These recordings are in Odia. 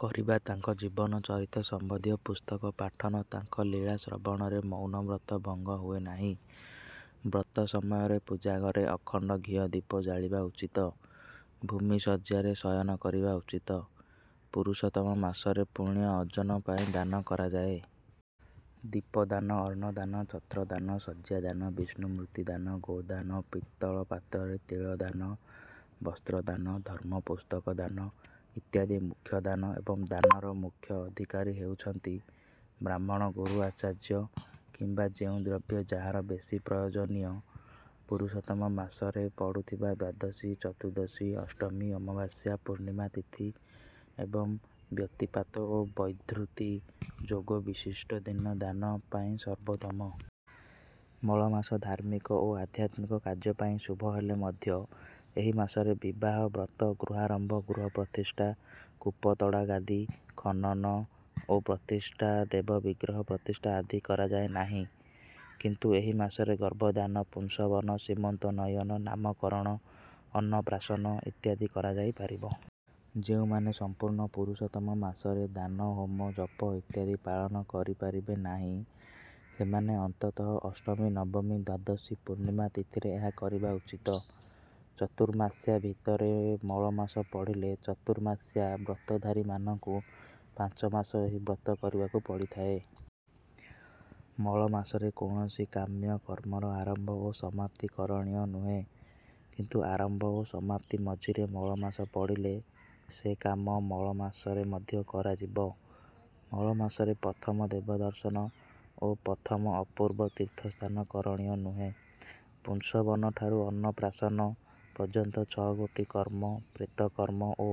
କରିବା ତାଙ୍କ ଜୀବନ ଚରିତ ସମ୍ବନ୍ଧୀୟ ପୁସ୍ତକ ପଠନ ତାଙ୍କ ଲୀଳା ଶ୍ରବଣରେ ମୌନବ୍ରତ ଭଙ୍ଗ ହୁଏନାହିଁ। ବ୍ରତ ସମୟରେ ପୂଜା ଘରେ ଅଖଣ୍ଡ ଘିଅ ଦୀପ ଜାଳିବା ଉଚିତ। ଭୂମି ଶଯ୍ୟାରେ ଶୟନ କରିବା ଉଚିତ। ପୁରୁଷୋତ୍ତମ ମାସରେ ପୂଣ୍ୟ ଅର୍ଜନ ପାଇଁ ଦାନ କରାଯାଏ। ଦୀପଦାନ ଅନ୍ନଦାନ ଛତ୍ରଦାନ ଶଯ୍ୟାଦାନ ବିଷ୍ଣୁମୁର୍ତ୍ତି ଦାନ ଗୋଦାନ ପିତ୍ତଳ ପାତ୍ରରେ ତିଳଦାନ ବସ୍ତ୍ରଦାନ ଧର୍ମପୁସ୍ତକ ଦାନ ଇତ୍ୟାଦି ମୁଖ୍ୟ ଦାନ ଏବଂ ଦାନର ମୁଖ୍ୟ ଅଧିକାରୀ ହେଉଛନ୍ତି ବ୍ରାହ୍ମଣ ଗୁରୁ ଆଚାର୍ଯ୍ୟ କିମ୍ବା ଯେଉଁ ଦ୍ରବ୍ୟ ଯାହାର ବେଶୀ ପ୍ରୟୋଜନୀୟ। ପୁରୁଷୋତ୍ତମ ମାସରେ ପଡୁଥିବା ଦ୍ୱାଦଶୀ ଚତୁର୍ଦ୍ଦଶୀ ଅଷ୍ଟମୀ ଅମାବାସ୍ୟା ପୂର୍ଣିମା ତିଥି ଏବଂ ବ୍ୟତିପାତ ଓ ବୈଧୃତି ଯୋଗ ବିଶିଷ୍ଟ ଦିନ ଦାନ ପାଇଁ ସର୍ବୋତ୍ତମ। ମଳ ମାସ ଧାର୍ମିକ ଓ ଆଧ୍ୟାତ୍ମିକ କାର୍ଯ୍ୟ ପାଇଁ ଶୁଭ ହେଲେ ମଧ୍ୟ ଏହି ମାସରେ ବିବାହ ବ୍ରତ ଗୃହାରମ୍ଭ ଗୃହପ୍ରତିଷ୍ଠା କୂପତଡ଼ାଗାଦି ଖନନ ଓ ପ୍ରତିଷ୍ଠା ଦେବ ବିଗ୍ରହ ପ୍ରତିଷ୍ଠା ଆଦି କରାଯାଏ ନାହିଁ କିନ୍ତୁ ଏହି ମାସରେ ଗର୍ଭଧାନ ପୁଂସବନ ସିମନ୍ତୋନ୍ନୟନ ନାମକରଣ ଅନ୍ନପ୍ରାଶନ ଇତ୍ୟାଦି କରାଯାଇ ପାରିବ। ଯେଉଁମାନେ ସମ୍ପୁର୍ଣ୍ଣ ପୁରୁଷୋତ୍ତମ ମାସରେ ଦାନ ହୋମ ଜପ ଇତ୍ୟାଦି ପାଳନ କରିପାରିବେ ନାହିଁ ସେମାନେ ଅନ୍ତତଃ ଅଷ୍ଟମୀ ନବମୀ ଦ୍ୱାଦଶୀ ପୂର୍ଣ୍ଣିମା ତିଥିରେ ଏହା କରିବା ଉଚିତ। ଚତୁର୍ମାସ୍ୟା ଭିତରେ ମଳମାସ ପଡ଼ିଲେ ଚତୁର୍ମାସ୍ୟା ବ୍ରତଧାରୀମାନଙ୍କୁ ପାଞ୍ଚ ମାସ ଏହି ବ୍ରତ କରିବାକୁ ପଡ଼ିଥାଏ। ମଳମାସରେ କୌଣସି କାମ୍ୟ କର୍ମର ଆରମ୍ଭ ଓ ସମାପ୍ତି କରଣୀୟ ନୁହେଁ କିନ୍ତୁ ଆରମ୍ବ ଓ ସମାପ୍ତି ମଝିରେ ମଳମାସ ପଡ଼ିଲେ ସେ କାମ ମଳମାସରେ ମଧ୍ୟ କରାଯିବ। ମଳମାସରେ ପ୍ରଥମ ଦେବଦର୍ଶନ ଓ ପ୍ରଥମ ଅପୂର୍ବ ତୀର୍ଥସ୍ନାନ କରଣୀୟ ନୁହେଁ। ପୁଂସବନଠାରୁ ଅନ୍ନପ୍ରାଶନ ପର୍ଯ୍ୟନ୍ତ ଛଅ ଗୋଟି କର୍ମ ପ୍ରେତ କର୍ମ ଓ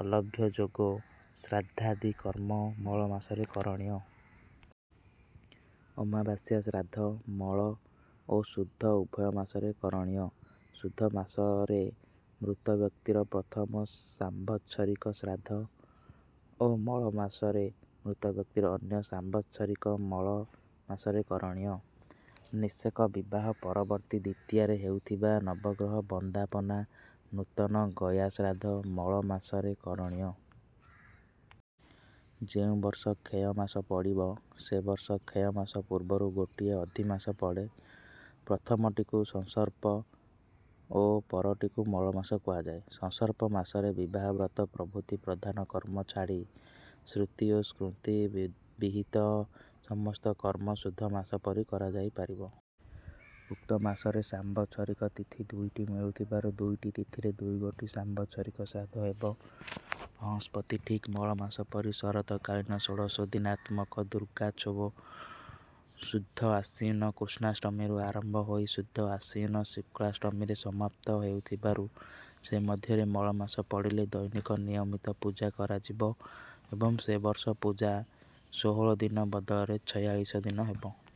ଅଲଭ୍ୟ ଯୋଗ ଶ୍ରାଦ୍ଧାଦି କର୍ମ ମଳମାସରେ କରଣୀୟ। ଅମାବାସ୍ୟା ଶ୍ରାଦ୍ଧ ମଳ ଓ ଶୁଦ୍ଧ ଉଭୟ ମାସରେ କରଣୀୟ। ଶୁଦ୍ଧ ମାସରେ ମୃତ ବ୍ୟକ୍ତିର ପ୍ରଥମ ସାମ୍ବତ୍ସରିକ ଶ୍ରାଦ୍ଧ ଓ ମଳମାସରେ ମୃତ ବ୍ୟକ୍ତିର ଅନ୍ୟ ସାମ୍ବତ୍ସରିକ ମଳ ମାସରେ କରଣୀୟ। ନିଷେକ ବିବାହ ପରବର୍ତ୍ତୀ ଦ୍ୱିତୀୟାରେ ହେଉଥିବା ନବଗ୍ରହ ବନ୍ଦାପନା ନୂତନ ଗୟାଶ୍ରାଦ୍ଧ ମଳମାସରେ କରଣୀୟ। ଯେଉଁ ବର୍ଷ କ୍ଷୟମାସ ପଡ଼ିବ ସେ ବର୍ଷ କ୍ଷୟମାସ ପୂର୍ବରୁ ଗୋଟିଏ ଅଧିମାସ ପଡ଼େ। ପ୍ରଥମଟିକୁ ସଂସର୍ପ ଓ ପରଟିକୁ ମଳମାସ କୁହାଯାଏ। ସଂସର୍ପ ମାସରେ ବିବାହ ବ୍ରତ ପ୍ରଭୃତି ପ୍ରଧାନ କର୍ମ ଛାଡ଼ି ଶ୍ରୁତି ଓ ସ୍ମୃତି ବିହିତ ସମସ୍ତ କର୍ମ ଶୁଦ୍ଧମାସ ପରି କରାଯାଇପାରିବ। ଉକ୍ତ ମାସରେ ସାମ୍ବତ୍ସରିକ ତିଥି ଦୁଇଟି ମିଳୁଥିବାରୁ ଦୁଇଟି ତିଥିରେ ଦୁଇଗୋଟି ସାମ୍ବତ୍ସରିକ ଶ୍ରାଦ୍ଧ ହେବ। ଅଂହସ୍ପତି ଠିକ ମଳମାସ ପରି ଶରତ କାଳୀନ ଷୋଡଶଦିନାତ୍ମକ ଦୁର୍ଗୋତ୍ସବ ଶୁଦ୍ଧ ଆଶ୍ୱୀନ କୃଷ୍ଣାଷ୍ଟମୀରୁ ଆରମ୍ଭ ହୋଇ ଶୁଦ୍ଧ ଆଶ୍ୱିନ ଶୁକ୍ଲାଷ୍ଟମୀରେ ସମାପ୍ତ ହେଉଥିବାରୁ ସେ ମଧ୍ୟରେ ମଳମାସ ପଡ଼ିଲେ ଦୈନିକ ନିୟମିତ ପୂଜା କରାଯିବ ଏବଂ ସେ ବର୍ଷ ପୂଜା ଷୋହଳ ଦିନ ବଦଳରେ ଛୟାଳିଶ ଦିନ ହେବ।